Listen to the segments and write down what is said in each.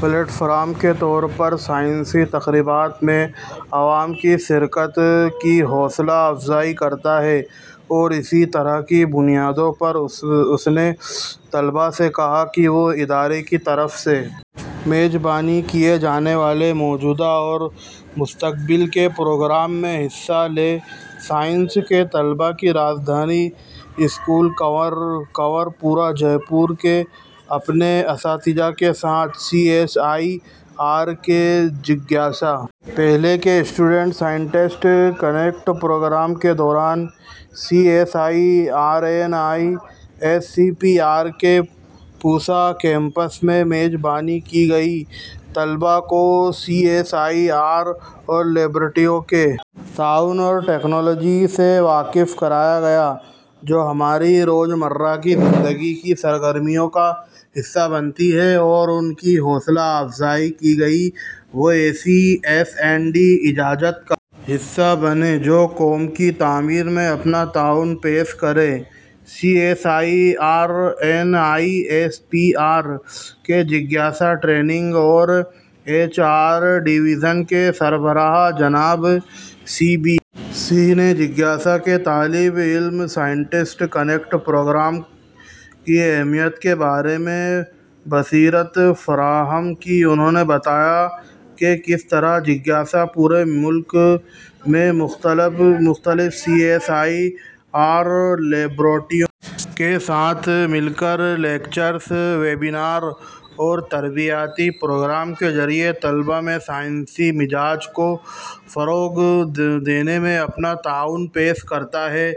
plate form کے طور پر سائنسی تقریبات میں عوام کی شرکت کی حوصلہ افزائی کرتا ہے اور اسی طرح کی بنیادوں پر اس نے طلباء سے کہا کہ وہ ادارے کی طرف سے میزبانی کیے جانے والے موجودہ اور مستقبل کے پروگرام میں حصہ لیں سائنس کے طلباء کی راجدھانی اسکول کنور پورہ جے پور کے اپنے اساتذہ کے ساتھ سی ایس آئی آر کے جگیاسا پہل کے اسٹوڈنٹ سائنٹسٹ کنیکٹ پروگرام کے دوران C S I R N I S C P R کے پوسا کیمپس میں میزبانی کی گئی طلباء کو سی ایس آئی آر لیبارٹریوں کے تعاون اور ٹیکنالوجیز سے واقف کرایا گیا جو ہماری روزمرہ کی زندگی کی سرگرمیوں کا حصہ بنتی ہیں اور ان کی حوصلہ افزائی کی گئی کہ وہ ایسی ایس اینڈ ٹی ایجادات کا حصہ بنیں جو قوم کی تعمیر میں اپنا تعاون پیش کریں C S I R N I S C P R کے جگیاسا ٹریننگ اور ایچ آر ڈویژن کے سربراہ جناب سی بی سنگھ نے جگیاسا کے طالب علم سائنٹسٹ کنیکٹ پروگرام کی اہمیت کے بارے میں بصیرت فراہم کی انہوں نے بتایا کہ کس طرح جگیاسا پورے ملک میں مختلف سی ایس آئی آر لیبارٹریوں کے ساتھ مل کر لیکچرز ویبینرز اور تربیتی پروگراموں کے ذریعے طلباء میں سائنسی مزاج کو فروغ دینے میں اپنا تعاون پیش کرتا ہے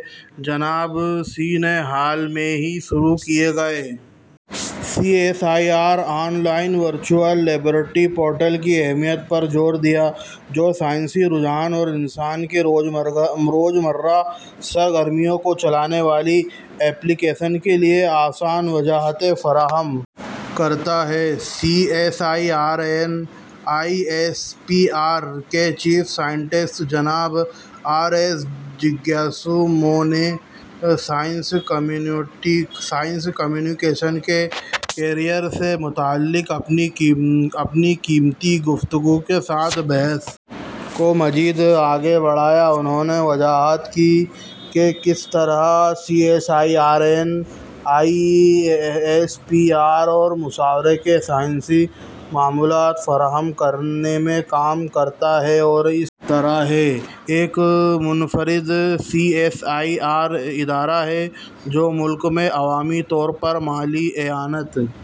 جناب سنگھ نے حال ہی میں شروع کیے گئے C S I R online virtual laboratory portal کی اہمیت پر زور دیا جو سائنسی رجحان اور انسانوں کی روزمرہ کی سرگرمیوں کو چلانے والی ایپلی کیشنز کے لیے آسان وضاحتیں فراہم کرتا ہے C S I R N I S C P R کے چیف سائنٹسٹ جناب آر ایس جیاسو مو نے سائنس کمیونیکیشن میں کیریئر سے متعلق اپنی قیمتی گفتگو کے ساتھ بحث کو مزید آگے بڑھایا انہوں نے وضاحت کی کہ کس طرح C S I R N I S C P R معاشرے کو سائنسی معلومات فراہم کرنے میں کام کرتا ہے اور اس طرح یہ ایک منفرد سی ایس آئی آر ادارہ ہے جو ملک میں عوامی طور پر مالی اعانت